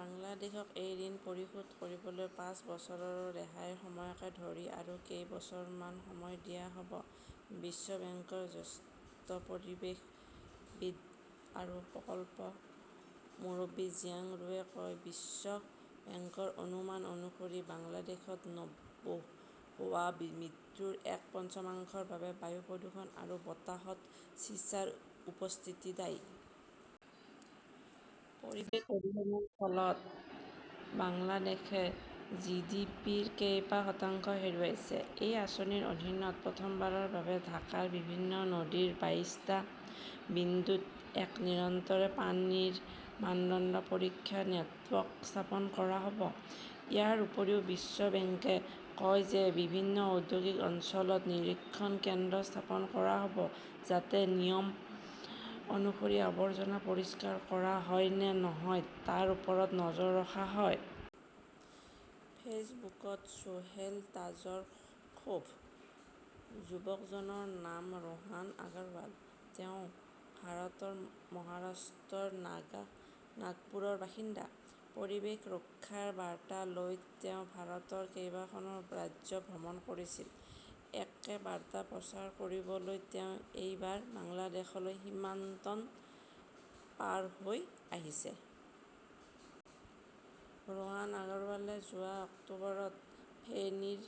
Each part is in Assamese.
বাংলাদেশক এই ঋণ পৰিশোধ কৰিবলৈ পাঁচ বছৰৰ ৰেহাই সময়কে ধৰি আৰু কেইবছৰ মান সময় দিয়া হ'ব। বিশ্ব বেংকৰ জ্যেষ্ঠ পৰিৱেশবিদ আৰু প্ৰকল্পৰ মুৰব্বী জিয়াং ৰুৱে কয়, বিশ্ব বেংকৰ অনুমান অনুসৰি বাংলাদেশত হোৱা মৃত্যুৰ এক পঞ্চমাংশৰ বাবে বায়ু প্ৰদূষণ আৰু বতাহত চিছাৰ উপস্থিতি দায়ী। পৰিৱেশ প্ৰদূষণৰ ফলত বাংলাদেশে জিডিপিৰ কেইবা শতাংশ হেৰুৱাইছে। এই আঁচনিৰ অধীনত প্ৰথমবাৰৰ বাবে ঢাকাৰ বিভিন্ন নদীৰ বাইশটা বিন্দুত এক নিৰন্তৰ পানীৰ মানদণ্ড পৰীক্ষা নেটৱৰ্ক স্থাপন কৰা হ'ব। ইয়াৰ উপৰিও বিশ্ব বেংকে কয় যে বিভিন্ন ঔদ্যোগিক অঞ্চলত নিৰীক্ষণ কেন্দ্ৰ স্থাপন কৰা হ'ব যাতে নিয়ম অনুসৰি আৱৰ্জনা পৰিষ্কাৰ কৰা হয় নে নহয় তাৰ ওপৰত নজৰ ৰখা হয়। ফেচবুকত চোহেল তাজৰ ক্ষোভ। যুৱকজনৰ নাম ৰোহান আগৰৱাল। তেওঁ ভাৰতৰ মহাৰাষ্ট্ৰৰ নাগপুৰৰ বাসিন্দা। পৰিৱেশ ৰক্ষাৰ বাৰ্তা লৈ তেওঁ ভাৰতৰ কেইবাখনো ৰাজ্য ভ্ৰমণ কৰিছিল। একে বাৰ্তা প্ৰচাৰ কৰিবলৈ তেওঁ এইবাৰ বাংলাদেশলৈ সীমান্ত পাৰ হৈ আহিছে। ৰোহান আগৰৱালে যোৱা অক্টোবৰত ফেনীৰ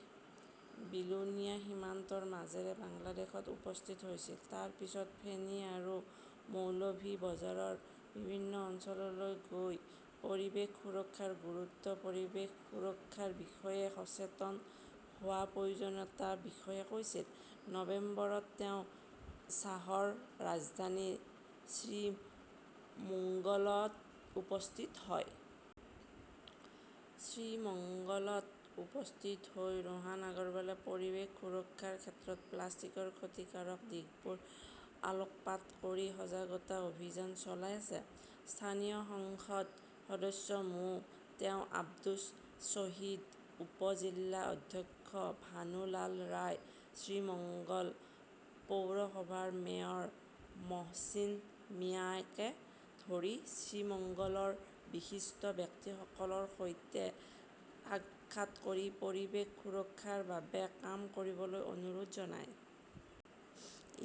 বিলোনিয়া সীমান্তৰ মাজেৰে বাংলাদেশত উপস্থিত হৈছিল। তাৰ পিছত ফেনী আৰু মৌলভি বজাৰৰ বিভিন্ন অঞ্চললৈ গৈ পৰিৱেশ সুৰক্ষাৰ গুৰুত্ব, পৰিৱেশ সুৰক্ষাৰ বিষয়ে সচেতন হোৱাৰ প্ৰয়োজনীয়তাৰ বিষয়ে কৈছিল। নৱেম্বৰত তেওঁ চাহৰ ৰাজধানী শ্ৰীমুঙ্গলত উপস্থিত হয়। শ্ৰীমঙ্গলত উপস্থিত হৈ ৰোহান আগৰৱালে পৰিৱেশ সুৰক্ষাৰ ক্ষেত্ৰত প্লাষ্টিকৰ ক্ষতিকাৰক দিশবোৰ আলোকপাত কৰি সজাগতা অভিযান চলাই আছে। স্থানীয় সংসদ সদস্য মো. তেওঁ আব্দুছ শ্বাহিদ, উপ-জিলা অধ্যক্ষ ভানু লাল ৰয়, শ্ৰীমঙ্গল পৌৰসভাৰ মেয়ৰ মহচিন মিয়াকে ধৰি শ্ৰীমঙ্গলৰ বিশিষ্ট ব্যক্তিসকলৰ সৈতে সাক্ষাৎ কৰি পৰিৱেশ সুৰক্ষাৰ বাবে কাম কৰিবলৈ অনুৰোধ জনায়।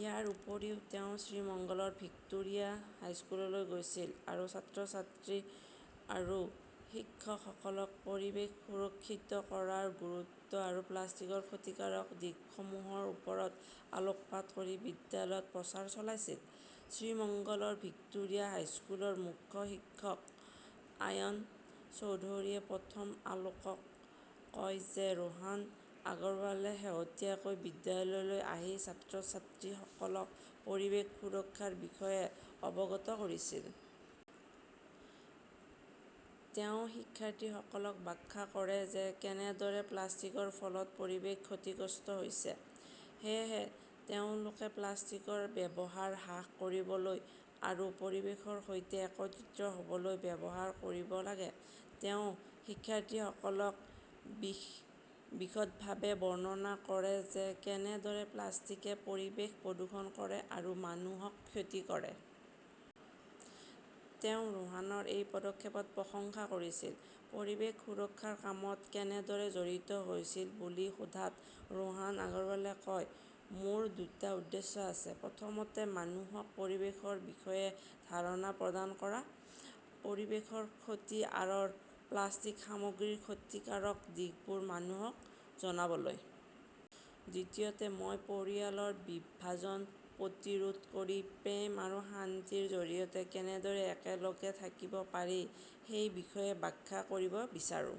ইয়াৰ উপৰিও তেওঁ শ্ৰীমঙ্গলৰ ভিক্টোৰিয়া হাইস্কুললৈ গৈছিল আৰু ছাত্ৰ-ছাত্ৰী আৰু শিক্ষকসকলক পৰিৱেশ সুৰক্ষিত কৰাৰ গুৰুত্ব আৰু প্লাষ্টিকৰ ক্ষতিকাৰক দিশসমূহৰ ওপৰত আলোকপাত কৰি বিদ্যালয়ত প্ৰচাৰ চলাইছিল। শ্ৰীমঙ্গলৰ ভিক্টোৰিয়া হাইস্কুলৰ মুখ্য শিক্ষক আয়ান চৌধুৰীয়ে প্ৰথম আলোকক কয় যে ৰোহান আগৰৱালে শেহতীয়াকৈ বিদ্যালয়লৈ আহি ছাত্ৰ-ছাত্ৰীসকলক পৰিৱেশ সুৰক্ষাৰ বিষয়ে অৱগত কৰিছিল। তেওঁ শিক্ষাৰ্থীসকলক ব্যাখ্যা কৰে যে কেনেদৰে প্লাষ্টিকৰ ফলত পৰিৱেশ ক্ষতিগ্ৰস্ত হৈছে। সেয়েহে তেওঁলোকে প্লাষ্টিকৰ ব্যৱহাৰ হ্ৰাস কৰিবলৈ আৰু পৰিৱেশৰ সৈতে একত্ৰিত হ'বলৈ ব্যৱহাৰ কৰিব লাগে। তেওঁ শিক্ষাৰ্থীসকলক বিশদভাৱে বৰ্ণনা কৰে যে কেনেদৰে প্লাষ্টিকে পৰিৱেশ প্ৰদূষণ কৰে আৰু মানুহক ক্ষতি কৰে। তেওঁ ৰোহানৰ এই পদক্ষেপক প্ৰশংসা কৰিছিল। পৰিৱেশ সুৰক্ষাৰ কামত কেনেদৰে জড়িত হৈছিল বুলি সোধাত ৰোহান আগৰৱালে কয়, মোৰ দুটা উদ্দেশ্য আছে। প্ৰথমতে, মানুহক পৰিৱেশৰ বিষয়ে ধাৰণা প্ৰদান কৰা। পৰিৱেশৰ ক্ষতিৰ আঁৰৰ প্লাষ্টিক সামগ্ৰীৰ ক্ষতিকাৰক দিশবোৰ মানুহক জনাবলৈ। দ্বিতীয়তে, মই পৰিয়ালৰ বিভাজন প্ৰতিৰোধ কৰি প্ৰেম আৰু শান্তিৰ জৰিয়তে কেনেদৰে একেলগে থাকিব পাৰি সেই বিষয়ে ব্যাখ্যা কৰিব বিচাৰো।